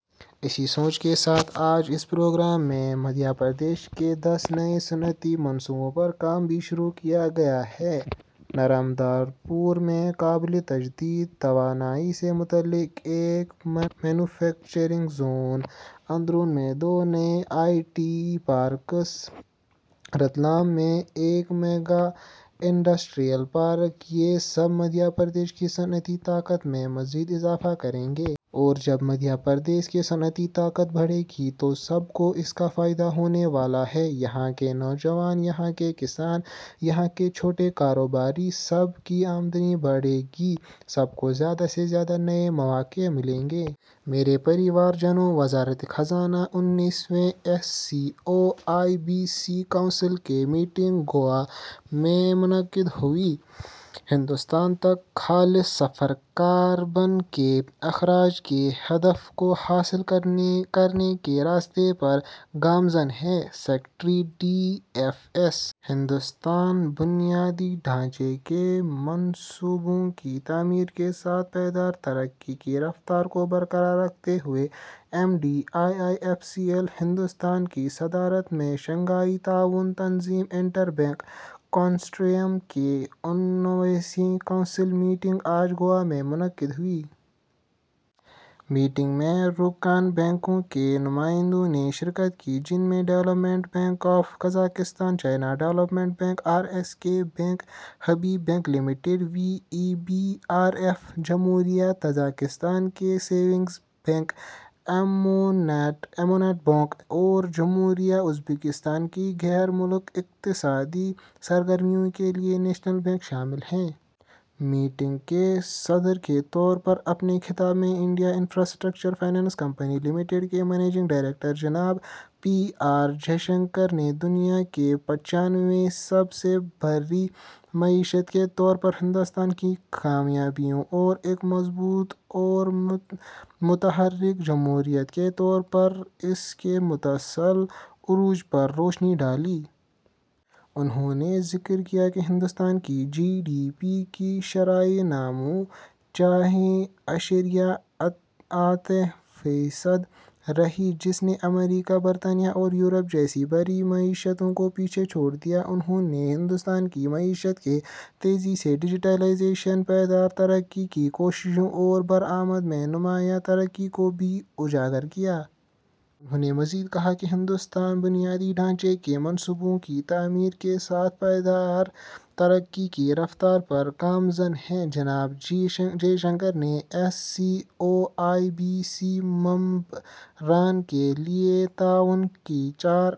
اسی سوچ کے ساتھ آج اس پروگرام میں مدھیہ پردیش کے دس نئے صنعتی منصوبوں پر کام بھی شروع کیا گیا ہے۔ نرمداپورم میں قابل تجدید توانائی سے متعلق ایک مینوفیکچرنگ زون، اندور میں دو نئے آئی ٹی پارکس، رتلام میں ایک میگا انڈسٹریل پارک، یہ سب مدھیہ پردیش کی صنعتی طاقت میں مزید اضافہ کریں گے۔ اور جب مدھیہ پردیش کی صنعتی طاقت بڑھے گی تو سب کو اس کا فائدہ ہونے والا ہے۔ یہاں کے نوجوان، یہاں کے کسان، یہاں کے چھوٹے کاروباری، سب کی آمدنی بڑھے گی، سب کو زیادہ سے زیادہ نئے مواقع ملیں گے۔ میرے پریوارجنو! وزارت خزانہ انیسویں S C O I B C council کی میٹنگ گوا میں منعقد ہوئی۔ ہندوستان تک خالص صفر کاربن کے اخراج کے ہدف کو حاصل کرنے کے راستے پر گامزن ہے: secretary, D F S. Hindustan بنیادی ڈھانچے کے منصوبوں کی تعمیر کے ساتھ پائیدار ترقی کی رفتار کو برقرار رکھے ہوئے ہے: M D, I I F C L. Hindustan کی صدارت میں شنگھائی تعاون تنظیم انٹربینک کنسورشیم کی انیسویں کونسل میٹنگ آج گوا میں منعقد ہوئی۔ میٹنگ میں رکن بینکوں کے نمائندوں نے شرکت کی، جن میں development bank of Kazakhstan, China development bank, R S K bank, Habib bank limited, V E B, R F, جمہوریہ تاجکستان کے سیونگ بینک اموناتبونک، اور جمہوریہ ازبکستان کی غیر ملکی اقتصادی سرگرمیوں کے لیے نیشنل بینک شامل ہیں۔ میٹنگ کے صدر کے طور پر اپنے خطاب میں، India infrastructure finance company limited کے منیجنگ ڈائریکٹر جناب پی آر جے شنکر نے دنیا کی پانچویں سب سے بڑی معیشت کے طور پر ہندوستان کی کامیابیوں اور ایک مضبوط اور متحرک جمہوریت کے طور پر اس کے مسلسل عروج پر روشنی ڈالی۔ انہوں نے ذکر کیا کہ ہندوستان کی جی ڈی پی کی شرح نمو چھ اعشاریہ آٹھ فیصد رہی، جس نے امریکہ، برطانیہ اور یورپ جیسی بڑی معیشتوں کو پیچھے چھوڑ دیا۔ انہوں نے ہندوستان کی معیشت کے تیزی سے ڈیجیٹلائزیشن، پائیدار ترقی کی کوششوں اور برآمدات میں نمایاں ترقی کو بھی اجاگر کیا۔ انہوں نے مزید کہا کہ ہندوستان بنیادی ڈھانچے کے منصوبوں کی تعمیر کے ساتھ پائیدار ترقی کی رفتار پر گامزن ہے۔ جناب جے شنکر نے S C O I B سی ممبران کے لیے تعاون کے چار